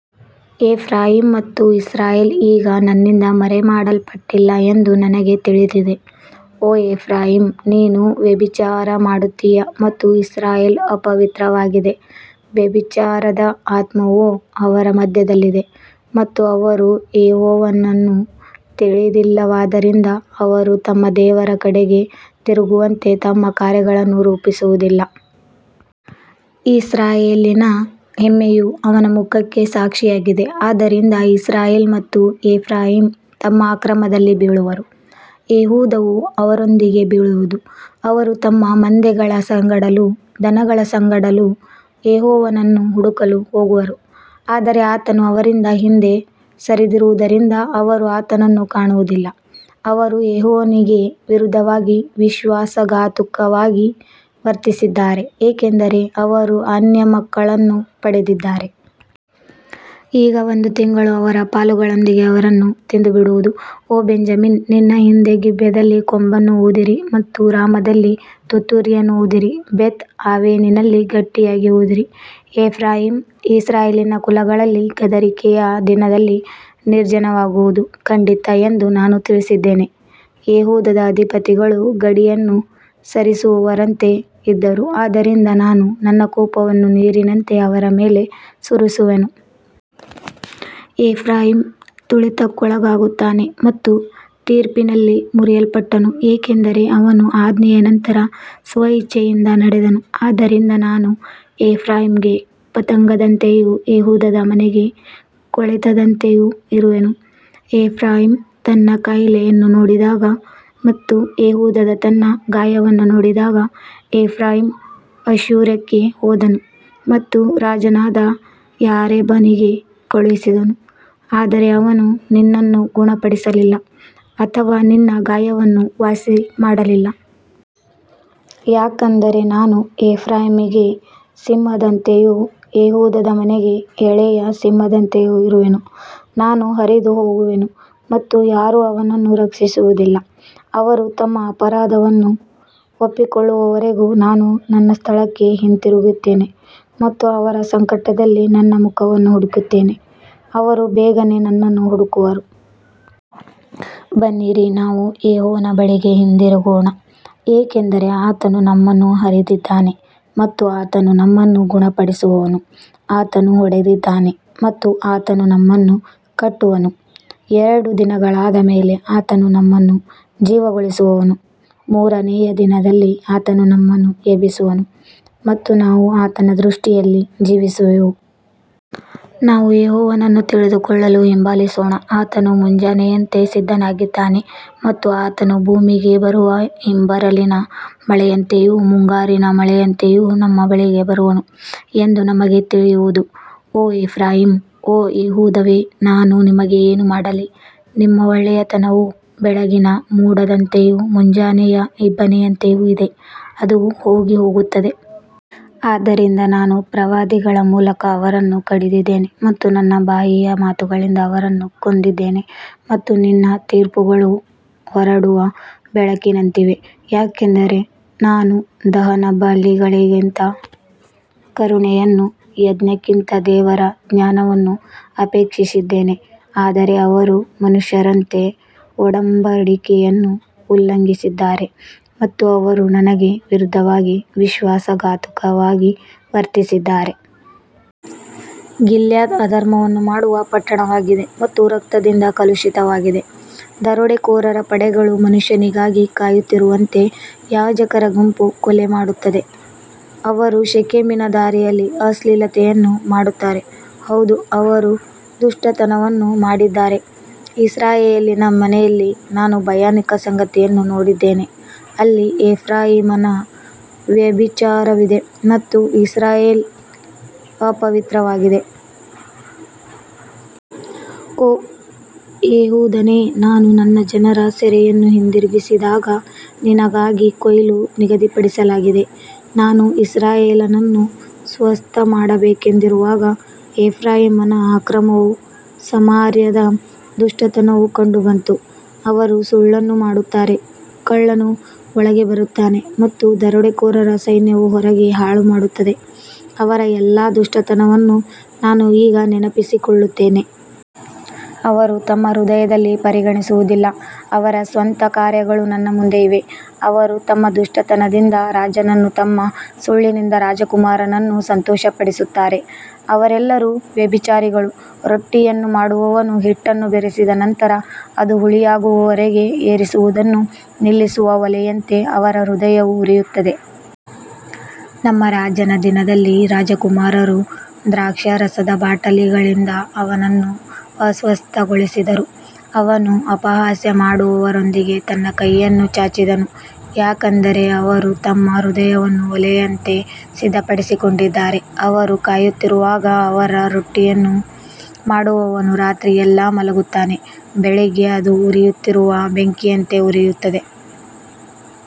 Ephraim ಮತ್ತು Israel ಈಗ ನನ್ನಿಂದ ಮರೆಮಾಡಲ್ಪಟ್ಟಿಲ್ಲ ಎಂದು ನನಗೆ ತಿಳಿದಿದೆ. ಓ ಎಫ್ರಾಯೀಮ್, ನೀನು ವ್ಯಭಿಚಾರ ಮಾಡುತ್ತೀಯ ಮತ್ತು ಇಸ್ರಾಯೇಲ್ ಅಪವಿತ್ರವಾಗಿದೆ. ವ್ಯಭಿಚಾರದ ಆತ್ಮವು ಅವರ ಮಧ್ಯದಲ್ಲಿದೆ ಮತ್ತು ಅವರು ಯೆಹೋವನನ್ನು ತಿಳಿದಿಲ್ಲವಾದ್ದರಿಂದ ಅವರು ತಮ್ಮ ದೇವರ ಕಡೆಗೆ ತಿರುಗುವಂತೆ ತಮ್ಮ ಕಾರ್ಯಗಳನ್ನು ರೂಪಿಸುವುದಿಲ್ಲ. ಇಸ್ರಾಯೇಲಿನ ಹೆಮ್ಮೆಯು ಅವನ ಮುಖಕ್ಕೆ ಸಾಕ್ಷಿಯಾಗಿದೆ, ಆದ್ದರಿಂದ ಇಸ್ರಾಯೇಲ್ ಮತ್ತು ಎಫ್ರಾಯೀಮ್ ತಮ್ಮ ಅಕ್ರಮದಲ್ಲಿ ಬೀಳುವರು, ಯೆಹೂದವೂ ಅವರೊಂದಿಗೆ ಬೀಳುವುದು. ಅವರು ತಮ್ಮ ಮಂದೆಗಳ ಸಂಗಡಲೂ ದನಗಳ ಸಂಗಡಲೂ ಯೆಹೋವನನ್ನು ಹುಡುಕಲು ಹೋಗುವರು, ಆದರೆ ಆತನು ಅವರಿಂದ ಹಿಂದೆ ಸರಿದಿರುವುದರಿಂದ ಅವರು ಆತನನ್ನು ಕಾಣುವುದಿಲ್ಲ. ಅವರು ಯೆಹೋವನಿಗೆ ವಿರುದ್ಧವಾಗಿ ವಿಶ್ವಾಸಘಾತುಕವಾಗಿ ವರ್ತಿಸಿದ್ದಾರೆ, ಏಕೆಂದರೆ ಅವರು ಅನ್ಯ ಮಕ್ಕಳನ್ನು ಪಡೆದಿದ್ದಾರೆ. ಈಗ ಒಂದು ತಿಂಗಳು ಅವರ ಪಾಲುಗಳೊಂದಿಗೆ ಅವರನ್ನು ತಿಂದುಬಿಡುವುದು. ಓ ಬೆಂಜಮಿನ್, ನಿನ್ನ ಹಿಂದೆ ಗಿಬ್ಯದಲ್ಲಿ ಕೊಂಬನ್ನು ಊದಿರಿ ಮತ್ತು ರಾಮದಲ್ಲಿ ತುತ್ತೂರಿಯನ್ನು ಊದಿರಿ. ಬೇತ್ ಆವೆನಿನಲ್ಲಿ ಗಟ್ಟಿಯಾಗಿ ಊದಿರಿ. ಎಫ್ರಾಯೀಮ್ ಇಸ್ರಾಯೇಲಿನ ಕುಲಗಳಲ್ಲಿ ಗದರಿಕೆಯ ದಿನದಲ್ಲಿ ನಿರ್ಜನವಾಗುವುದು ಖಂಡಿತ ಎಂದು ನಾನು ತಿಳಿಸಿದ್ದೇನೆ. ಯೆಹೂದದ ಅಧಿಪತಿಗಳು ಗಡಿಯನ್ನು ಸರಿಸುವವರಂತೆ ಇದ್ದರು, ಆದ್ದರಿಂದ ನಾನು ನನ್ನ ಕೋಪವನ್ನು ನೀರಿನಂತೆ ಅವರ ಮೇಲೆ ಸುರಿಸುವೆನು. ಎಫ್ರಾಯೀಮ್ ತುಳಿತಕ್ಕೊಳಗಾಗುತ್ತಾನೆ ಮತ್ತು ತೀರ್ಪಿನಲ್ಲಿ ಮುರಿಯಲ್ಪಟ್ಟನು, ಏಕೆಂದರೆ ಅವನು ಆಜ್ಞೆಯ ನಂತರ ಸ್ವಇಚ್ಛೆಯಿಂದ ನಡೆದನು. ಆದ್ದರಿಂದ ನಾನು ಎಫ್ರಾಯೀಮಿಗೆ ಪತಂಗದಂತೆಯೂ ಯೆಹೂದದ ಮನೆಗೆ ಕೊಳೆತದಂತೆಯೂ ಇರುವೆನು. ಎಫ್ರಾಯೀಮ್ ತನ್ನ ಕಾಯಿಲೆಯನ್ನು ನೋಡಿದಾಗ ಮತ್ತು ಯೆಹೂದನು ತನ್ನ ಗಾಯವನ್ನು ನೋಡಿದಾಗ, ಎಫ್ರಾಯೀಮ್ ಅಶ್ಶೂರಕ್ಕೆ ಹೋದನು ಮತ್ತು ರಾಜನಾದ ಯಾರೆಬನಿಗೆ ಕಳುಹಿಸಿದನು, ಆದರೆ ಅವನು ನಿನ್ನನ್ನು ಗುಣಪಡಿಸಲಿಲ್ಲ ಅಥವಾ ನಿನ್ನ ಗಾಯವನ್ನು ವಾಸಿಮಾಡಲಿಲ್ಲ. ಯಾಕಂದರೆ ನಾನು ಎಫ್ರಾಯೀಮಿಗೆ ಸಿಂಹದಂತೆಯೂ ಯೆಹೂದದ ಮನೆಗೆ ಎಳೆಯ ಸಿಂಹದಂತೆಯೂ ಇರುವೆನು. ನಾನು ಹರಿದು ಹೋಗುವೆನು ಮತ್ತು ಯಾರೂ ಅವನನ್ನು ರಕ್ಷಿಸುವುದಿಲ್ಲ. ಅವರು ತಮ್ಮ ಅಪರಾಧವನ್ನು ಒಪ್ಪಿಕೊಳ್ಳುವವರೆಗೂ ನಾನು ನನ್ನ ಸ್ಥಳಕ್ಕೆ ಹಿಂತಿರುಗುತ್ತೇನೆ ಮತ್ತು ಅವರ ಸಂಕಟದಲ್ಲಿ ನನ್ನ ಮುಖವನ್ನು ಹುಡುಕುತ್ತೇನೆ. ಅವರು ಬೇಗನೆ ನನ್ನನ್ನು ಹುಡುಕುವರು. ಬನ್ನಿರಿ, ನಾವು ಯೆಹೋವನ ಬಳಿಗೆ ಹಿಂದಿರುಗೋಣ, ಏಕೆಂದರೆ ಆತನು ನಮ್ಮನ್ನು ಹರಿದಿದ್ದಾನೆ ಮತ್ತು ಆತನು ನಮ್ಮನ್ನು ಗುಣಪಡಿಸುವನು. ಆತನು ಹೊಡೆದಿದ್ದಾನೆ ಮತ್ತು ಆತನು ನಮ್ಮನ್ನು ಕಟ್ಟುವನು. ಎರಡು ದಿನಗಳಾದ ಮೇಲೆ ಆತನು ನಮ್ಮನ್ನು ಜೀವಗೊಳಿಸುವನು. ಮೂರನೆಯ ದಿನದಲ್ಲಿ ಆತನು ನಮ್ಮನ್ನು ಎಬ್ಬಿಸುವನು ಮತ್ತು ನಾವು ಆತನ ದೃಷ್ಟಿಯಲ್ಲಿ ಜೀವಿಸುವೆವು. ನಾವು ಯೆಹೋವನನ್ನು ತಿಳಿದುಕೊಳ್ಳಲು ಹಿಂಬಾಲಿಸೋಣ. ಆತನು ಮುಂಜಾನೆಯಂತೆ ಸಿದ್ಧನಾಗಿದ್ದಾನೆ ಮತ್ತು ಆತನು ಭೂಮಿಗೆ ಬರುವ ಹಿಂಬರಲಿನ ಮಳೆಯಂತೆಯೂ ಮುಂಗಾರಿನ ಮಳೆಯಂತೆಯೂ ನಮ್ಮ ಬಳಿಗೆ ಬರುವನು ಎಂದು ನಮಗೆ ತಿಳಿಯುವುದು. ಓ ಎಫ್ರಾಯೀಮ್, ಓ ಯೆಹೂದವೇ, ನಾನು ನಿಮಗೆ ಏನು ಮಾಡಲಿ. ನಿಮ್ಮ ಒಳ್ಳೆಯತನವು ಬೆಳಗಿನ ಮೋಡದಂತೆಯೂ ಮುಂಜಾನೆಯ ಇಬ್ಬನಿಯಂತೆಯೂ ಇದೆ, ಅದು ಹೋಗಿಹೋಗುತ್ತದೆ. ಆದ್ದರಿಂದ ನಾನು ಪ್ರವಾದಿಗಳ ಮೂಲಕ ಅವರನ್ನು ಕಡಿದಿದ್ದೇನೆ ಮತ್ತು ನನ್ನ ಬಾಯಿಯ ಮಾತುಗಳಿಂದ ಅವರನ್ನು ಕೊಂದಿದ್ದೇನೆ ಮತ್ತು ನಿನ್ನ ತೀರ್ಪುಗಳು ಹೊರಡುವ ಬೆಳಕಿನಂತಿವೆ. ಯಾಕಂದರೆ ನಾನು ದಹನಬಲಿಗಳಿಗಿಂತ ಕರುಣೆಯನ್ನೂ ಯಜ್ಞಕ್ಕಿಂತ ದೇವರ ಜ್ಞಾನವನ್ನೂ ಅಪೇಕ್ಷಿಸಿದ್ದೇನೆ. ಆದರೆ ಅವರು ಮನುಷ್ಯರಂತೆ ಒಡಂಬಡಿಕೆಯನ್ನು ಉಲ್ಲಂಘಿಸಿದ್ದಾರೆ ಮತ್ತು ಅವರು ನನಗೆ ವಿರುದ್ಧವಾಗಿ ವಿಶ್ವಾಸಘಾತುಕವಾಗಿ ವರ್ತಿಸಿದ್ದಾರೆ. ಗಿಲ್ಯಾದ್ ಅಧರ್ಮವನ್ನು ಮಾಡುವ ಪಟ್ಟಣವಾಗಿದೆ ಮತ್ತು ರಕ್ತದಿಂದ ಕಲುಷಿತವಾಗಿದೆ. ದರೋಡೆಕೋರರ ಪಡೆಗಳು ಮನುಷ್ಯನಿಗಾಗಿ ಕಾಯುತ್ತಿರುವಂತೆ, ಯಾಜಕರ ಗುಂಪು ಕೊಲೆಮಾಡುತ್ತದೆ. ಅವರು ಶೆಕೆಮಿನ ದಾರಿಯಲ್ಲಿ ಅಶ್ಲೀಲತೆಯನ್ನು ಮಾಡುತ್ತಾರೆ, ಹೌದು, ಅವರು ದುಷ್ಟತನವನ್ನು ಮಾಡಿದ್ದಾರೆ. ಇಸ್ರಾಯೇಲಿನ ಮನೆಯಲ್ಲಿ ನಾನು ಭಯಾನಕ ಸಂಗತಿಯನ್ನು ನೋಡಿದ್ದೇನೆ. ಅಲ್ಲಿ ಎಫ್ರಾಯೀಮನ ವ್ಯಭಿಚಾರವಿದೆ ಮತ್ತು ಇಸ್ರಾಯೇಲ್ ಅಪವಿತ್ರವಾಗಿದೆ. ಓ ಯೆಹೂದನೇ, ನಾನು ನನ್ನ ಜನರ ಸೆರೆಯನ್ನು ಹಿಂದಿರುಗಿಸಿದಾಗ ನಿನಗಾಗಿ ಕೊಯ್ಲು ನಿಗದಿಪಡಿಸಲಾಗಿದೆ. ನಾನು ಇಸ್ರಾಯೇಲನ್ನು ಸ್ವಸ್ಥಮಾಡಬೇಕೆಂದಿರುವಾಗ ಎಫ್ರಾಯೀಮನ ಅಕ್ರಮವೂ ಸಮಾರ್ಯದ ದುಷ್ಟತನವೂ ಕಂಡುಬಂತು. ಅವರು ಸುಳ್ಳನ್ನು ಮಾಡುತ್ತಾರೆ, ಕಳ್ಳನು ಒಳಗೆ ಬರುತ್ತಾನೆ ಮತ್ತು ದರೋಡೆಕೋರರ ಸೈನ್ಯವು ಹೊರಗೆ ಹಾಳುಮಾಡುತ್ತದೆ. ಅವರ ಎಲ್ಲಾ ದುಷ್ಟತನವನ್ನು ನಾನು ಈಗ ನೆನಪಿಸಿಕೊಳ್ಳುತ್ತೇನೆ. ಅವರು ತಮ್ಮ ಹೃದಯದಲ್ಲಿ ಪರಿಗಣಿಸುವುದಿಲ್ಲ, ಅವರ ಸ್ವಂತ ಕಾರ್ಯಗಳು ನನ್ನ ಮುಂದೆ ಇವೆ. ಅವರು ತಮ್ಮ ದುಷ್ಟತನದಿಂದ ರಾಜನನ್ನೂ ತಮ್ಮ ಸುಳ್ಳಿನಿಂದ ರಾಜಕುಮಾರರನ್ನೂ ಸಂತೋಷಪಡಿಸುತ್ತಾರೆ. ಅವರೆಲ್ಲರೂ ವ್ಯಭಿಚಾರಿಗಳು. ರೊಟ್ಟಿಯನ್ನು ಮಾಡುವವನು ಹಿಟ್ಟನ್ನು ಬೆರೆಸಿದ ನಂತರ ಅದು ಹುಳಿಯಾಗುವವರೆಗೆ ಏರಿಸುವುದನ್ನು ನಿಲ್ಲಿಸುವ ಒಲೆಯಂತೆ ಅವರ ಹೃದಯವು ಉರಿಯುತ್ತದೆ. ನಮ್ಮ ರಾಜನ ದಿನದಲ್ಲಿ ರಾಜಕುಮಾರರು ದ್ರಾಕ್ಷಾರಸದ ಬಾಟಲಿಗಳಿಂದ ಅವನನ್ನು ಅಸ್ವಸ್ಥಗೊಳಿಸಿದರು. ಅವನು ಅಪಹಾಸ್ಯ ಮಾಡುವವರೊಂದಿಗೆ ತನ್ನ ಕೈಯನ್ನು ಚಾಚಿದನು. ಯಾಕಂದರೆ ಅವರು ತಮ್ಮ ಹೃದಯವನ್ನು ಒಲೆಯಂತೆ ಸಿದ್ಧಪಡಿಸಿಕೊಂಡಿದ್ದಾರೆ. ಅವರು ಕಾಯುತ್ತಿರುವಾಗ ಅವರ ರೊಟ್ಟಿಯನ್ನು ಮಾಡುವವನು ರಾತ್ರಿಯೆಲ್ಲಾ ಮಲಗುತ್ತಾನೆ. ಬೆಳಿಗ್ಗೆ ಅದು ಉರಿಯುತ್ತಿರುವ ಬೆಂಕಿಯಂತೆ ಉರಿಯುತ್ತದೆ.